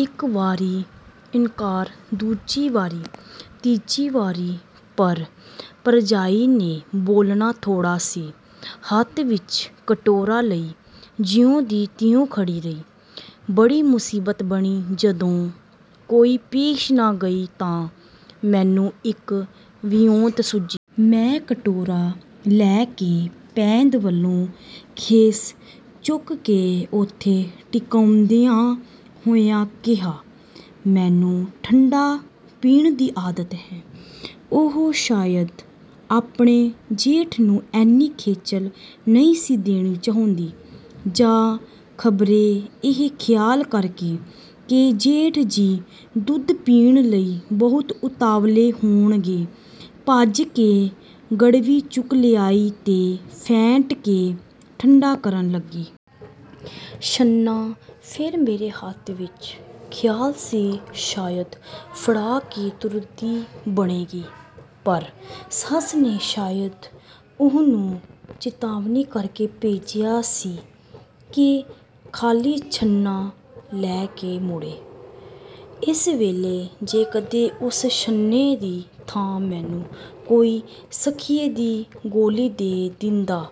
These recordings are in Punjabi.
ਇੱਕ ਵਾਰੀ ਇਨਕਾਰ, ਦੂਜੀ ਵਾਰੀ, ਤੀਜੀ ਵਾਰੀ, ਪਰ ਭਰਜਾਈ ਨੇ ਬੋਲਣਾ ਥੋੜ੍ਹਾ ਸੀ। ਹੱਥ ਵਿੱਚ ਕਟੋਰਾ ਲਈ ਜਿਉਂ ਦੀ ਤਿਉਂ ਖੜੀ ਰਹੀ। ਬੜੀ ਮੁਸੀਬਤ ਬਣੀ। ਜਦੋਂ ਕੋਈ ਪੇਸ਼ ਨਾ ਗਈ ਤਾਂ ਮੈਨੂੰ ਇੱਕ ਵਿਉਂਤ ਸੁੱਝੀ। ਮੈਂ ਕਟੋਰਾ ਲੈ ਕੇ ਪੈਂਦ ਵੱਲੋਂ ਖੇਸ ਚੁੱਕ ਕੇ ਓਥੇ ਟਿਕਾਉਂਦਿਆਂ ਹੋਇਆਂ ਕਿਹਾ, “ਮੈਨੂੰ ਠੰਢਾ ਪੀਣ ਦੀ ਆਦਤ ਹੈ।” ਉਹ ਸ਼ਾਇਦ ਆਪਣੇ ਜੇਠ ਨੂੰ ਐਨੀ ਖੇਚਲ ਨਹੀਂ ਸੀ ਦੇਣੀ ਚਾਹੁੰਦੀ, ਜਾਂ ਖ਼ਬਰੇ ਇਹ ਖ਼ਿਆਲ ਕਰਕੇ ਕਿ ਜੇਠ ਜੀ ਦੁੱਧ ਪੀਣ ਲਈ ਬਹੁਤ ਉਤਾਵਲੇ ਹੋਣਗੇ, ਭੱਜ ਕੇ ਗੜਵੀ ਚੁੱਕ ਲਿਆਈ ਤੇ ਫੈਂਟ ਕੇ ਠੰਢਾ ਕਰਨ ਲੱਗੀ। ਛੰਨਾ ਫਿਰ ਮੇਰੇ ਹੱਥ ਵਿੱਚ। ਖ਼ਿਆਲ ਸੀ ਸ਼ਾਇਦ ਫੜਾ ਕੇ ਤੁਰਦੀ ਬਣੇਗੀ, ਪਰ ਸੱਸ ਨੇ ਸ਼ਾਇਦ ਉਹਨੂੰ ਚਿਤਾਵਨੀ ਕਰਕੇ ਭੇਜਿਆ ਸੀ ਕਿ ਖਾਲੀ ਛੰਨਾ ਲੈ ਕੇ ਮੁੜੇ। ਇਸ ਵੇਲੇ ਜੇ ਕਦੇ ਉਸ ਛੰਨੇ ਦੀ ਥਾਂ ਮੈਨੂੰ ਕੋਈ ਸੰਖੀਏ ਦੀ ਗੋਲੀ ਦੇ ਦਿੰਦਾ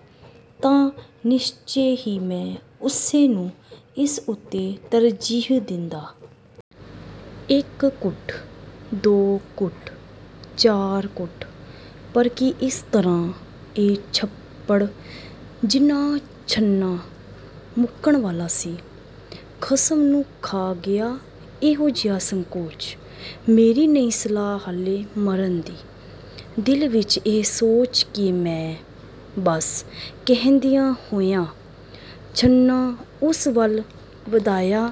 ਤਾਂ ਨਿਸ਼ਚੇ ਹੀ ਮੈਂ ਉਸੇ ਨੂੰ ਇਸ ਉੱਤੇ ਤਰਜੀਹ ਦੇਂਦਾ। ਇੱਕ ਘੁੱਟ, ਦੋ ਘੁੱਟ, ਚਾਰ ਘੁੱਟ, ਪਰ ਕੀ ਇਸ ਤਰ੍ਹਾਂ ਇਹ ਛੱਪੜ ਜਿੱਨਾ ਛੰਨਾ ਮੁੱਕਣ ਵਾਲਾ ਸੀ? “ਖਸਮ ਨੂੰ ਖਾ ਗਿਆ ਇਹੋ ਜਿਹਾ ਸੰਕੋਚ। ਮੇਰੀ ਨਹੀਂ ਸਲਾਹ ਹਾਲੇ ਮਰਨ ਦੀ।” ਦਿਲ ਵਿੱਚ ਇਹ ਸੋਚ ਕੇ ਮੈਂ “ਬੱਸ” ਕਹਿੰਦਿਆਂ ਹੋਇਆਂ, ਛੰਨਾ ਉਸ ਵੱਲ ਵਧਾਇਆ,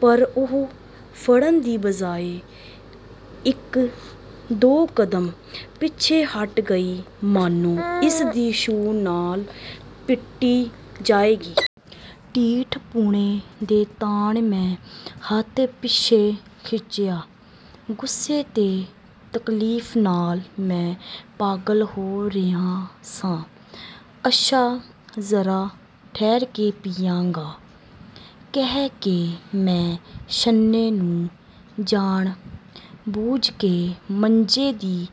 ਪਰ ਉਹ ਫੜਨ ਦੀ ਬਜਾਇ ਇੱਕ-ਦੋ ਕਦਮ ਪਿੱਛੇ ਹਟ ਗਈ, ਮਾਨੋ ਇਸ ਦੀ ਛੂਹ ਨਾਲ ਭਿੱਟੀ ਜਾਏਗੀ। ਢੀਠਪੁਣੇ ਦੇ ਤਾਣ ਮੈਂ ਹੱਥ ਪਿੱਛੇ ਖਿੱਚਿਆ। ਗੁੱਸੇ ਤੇ ਤਕਲੀਫ਼ ਨਾਲ ਮੈਂ ਪਾਗਲ ਹੋ ਰਿਹਾ ਸਾਂ। “ਅੱਛਾ, ਜ਼ਰਾ ਠਹਿਰ ਕੇ ਪੀਆਂਗਾ,” ਕਹਿ ਕੇ ਮੈਂ ਛੰਨੇ ਨੂੰ ਜਾਣ-ਬੁੱਝ ਕੇ ਮੰਜੇ ਦੀ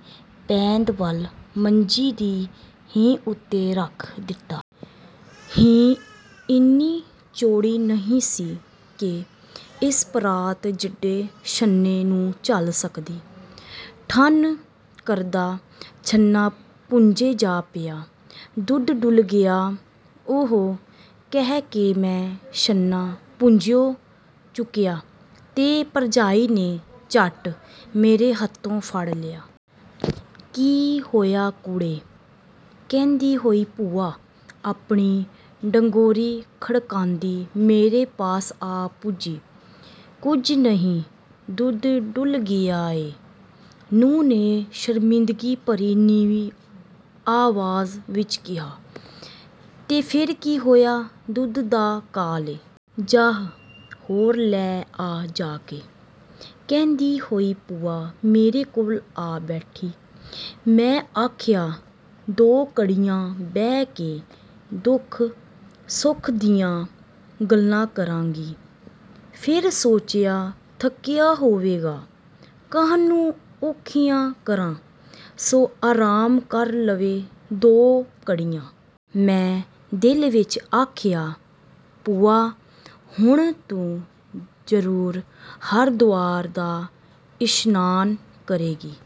ਪੈਂਦ ਵੱਲ ਮੰਜੀ ਦੀ ਹੀਂਹ ਉੱਤੇ ਰੱਖ ਦਿੱਤਾ। ਹੀਂਹ ਇੰਨੀ ਚੌੜੀ ਨਹੀਂ ਸੀ ਕਿ ਇਸ ਪਰਾਤ ਜਿੱਡੇ ਛੰਨੇ ਨੂੰ ਝੱਲ ਸਕਦੀ। “ਠੰਨ” ਕਰਦਾ ਛੰਨਾ ਭੁੰਜੇ ਜਾ ਪਿਆ। ਦੁੱਧ ਡੁੱਲ੍ਹ ਗਿਆ। “ਉਹੋ!” ਕਹਿ ਕੇ ਮੈਂ ਛੰਨਾ ਭੁੰਜਿਓਂ ਚੁੱਕਿਆ ਤੇ ਭਰਜਾਈ ਨੇ ਝੱਟ ਮੇਰੇ ਹੱਥੋਂ ਫੜ ਲਿਆ। “ਕੀ ਹੋਇਆ ਕੁੜੇ?” ਕਹਿੰਦੀ ਹੋਈ ਭੂਆ ਆਪਣੀ ਡੰਗੋਰੀ ਖੜਕਾਂਦੀ ਮੇਰੇ ਪਾਸ ਆ ਪੁੱਜੀ। “ਕੁਝ ਨਹੀਂ, ਦੁੱਧ ਡੁੱਲ੍ਹ ਗਿਆ ਏ,” ਨੂੰਹ ਨੇ ਸ਼ਰਮਿੰਦਗੀ ਭਰੀ ਨੀਵੀਂ ਆਵਾਜ਼ ਵਿੱਚ ਕਿਹਾ। “ਤੇ ਫਿਰ ਕੀ ਹੋਇਆ? ਦੁੱਧ ਦਾ ਕਾਲ ਏ? ਜਾਹ, ਹੋਰ ਲੈ ਆ ਜਾ ਕੇ,” ਕਹਿੰਦੀ ਹੋਈ ਭੂਆ ਮੇਰੇ ਕੋਲ ਆ ਬੈਠੀ। “ਮੈਂ ਆਖਿਆ, ਦੋ ਘੜੀਆਂ ਬਹਿ ਕੇ ਦੁੱਖ-ਸੁੱਖ ਦੀਆਂ ਗੱਲਾਂ ਕਰਾਂਗੀ। ਫਿਰ ਸੋਚਿਆ, ਥੱਕਿਆ ਹੋਵੇਗਾ, ਕਾਹਨੂੰ ਔਖਿਆਂ ਕਰਾਂ, ਸੁ ਆਰਾਮ ਕਰ ਲਵੇ ਦੋ ਘੜੀਆਂ।” ਮੈਂ ਦਿਲ ਵਿੱਚ ਆਖਿਆ, “ਭੂਆ, ਹੁਣ ਤੂੰ ਜ਼ਰੂਰ ਹਰਦੁਆਰ ਦਾ ਇਸ਼ਨਾਨ ਕਰੇਂਗੀ।”